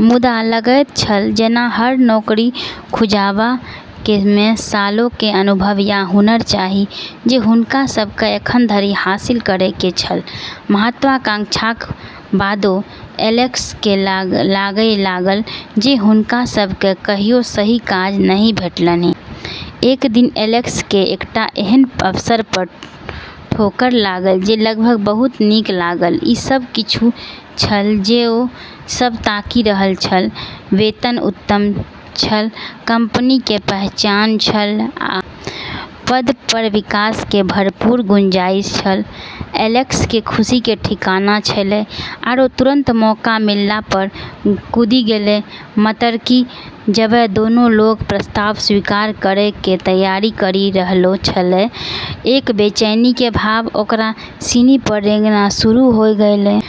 मुदा लगैत छल जेना हर नौकरी खुजबा मे सालों के अनुभव या हुनर चाही जे हुनका सब के एखन धरि हासिल करय के छल, महत्वाकांक्षाक बादो एलेक्स केँ लागय लागल जे हुनका सभ केँ कहियो सही काज नहि भेटतनि। एक दिन एलेक्स के एकटा एहन अवसर पर ठोकर लागल जे लगभग बहुत नीक लागल, ई सब किछु छल जे ओ सब ताकि रहल छल वेतन उत्तम छल, कंपनी के पहचान छल आ पद पर विकास के भरपूर गुंजाइश छल, एलेक्स के खुशी के ठिकाना छेलै आरो तुरंत मौका मिलला पर कूदी गेलै, मतरकि जबे दोनों लोग प्रस्ताव स्वीकार करै के तैयारी करी रहलो छेलै, एक बेचैनी के भाव ओकरा सिनी पर रेंगना शुरू होय गेलै।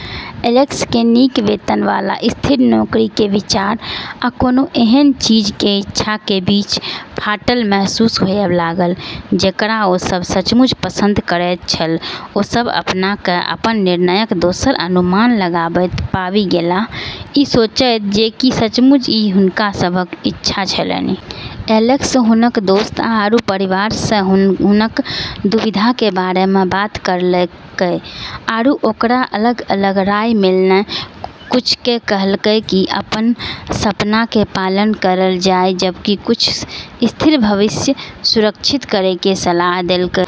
एलेक्स के नीक वेतन वाला स्थिर नौकरी के विचार आ कोनो एहन चीज के इच्छा के बीच फाटल महसूस होबय लागल जेकरा ओ सब सचमुच पसंद करैत छल ओ सभ अपना केँ अपन निर्णयक दोसर अनुमान लगाबैत पाबि गेलाह, ई सोचैत जे की सचमुच ई हुनका सभक इच्छा छलनि। एलेक्स हुनकऽ दोस्त आरू परिवार से हुनकऽ दुविधा के बारे मे बात करलकै आरू ओकरा अलग-अलग राय मिललै, कुछ नै कहलकै कि अपनऽ सपना के पालन करलऽ जाय जबकि कुछ स्थिर भविष्य सुरक्षित करै के सलाह देलकै।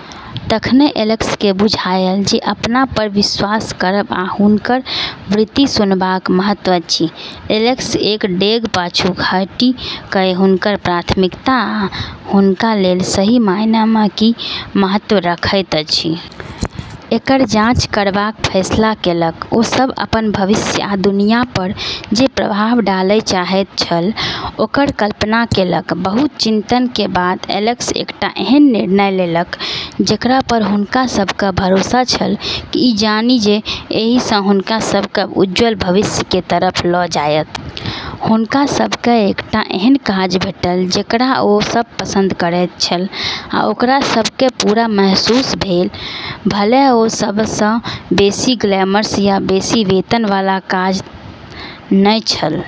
तखने एलेक्स के बुझायल जे अपना पर विश्वास करब आ हुनकर वृत्ति सुनबाक महत्व अछि, एलेक्स एक डेग पाछू हटि कए हुनकर प्राथमिकता आ हुनका लेल सही मायने मे की महत्व रखैत अछि, एकर जांच करबाक फैसला केलक ओ सब अपन भविष्य आ दुनिया पर जे प्रभाव डालय चाहैत छल ओकर कल्पना केलक, बहुत चिंतन के बाद एलेक्स एकटा एहन निर्णय लेलक जेकरा पर हुनका सब के भरोसा छल, ई जानि जे एहि स हुनका सब के उज्जवल भविष्य के तरफ ल जायत। हुनका सब के एकटा एहन काज भेटल जेकरा ओ सब पसंद करैत छल आ ओकरा सब के पूरा महसूस भेल, भले ओ सबस बेसी ग्लैमरस या बेसी वेतन वाला काज नै छल।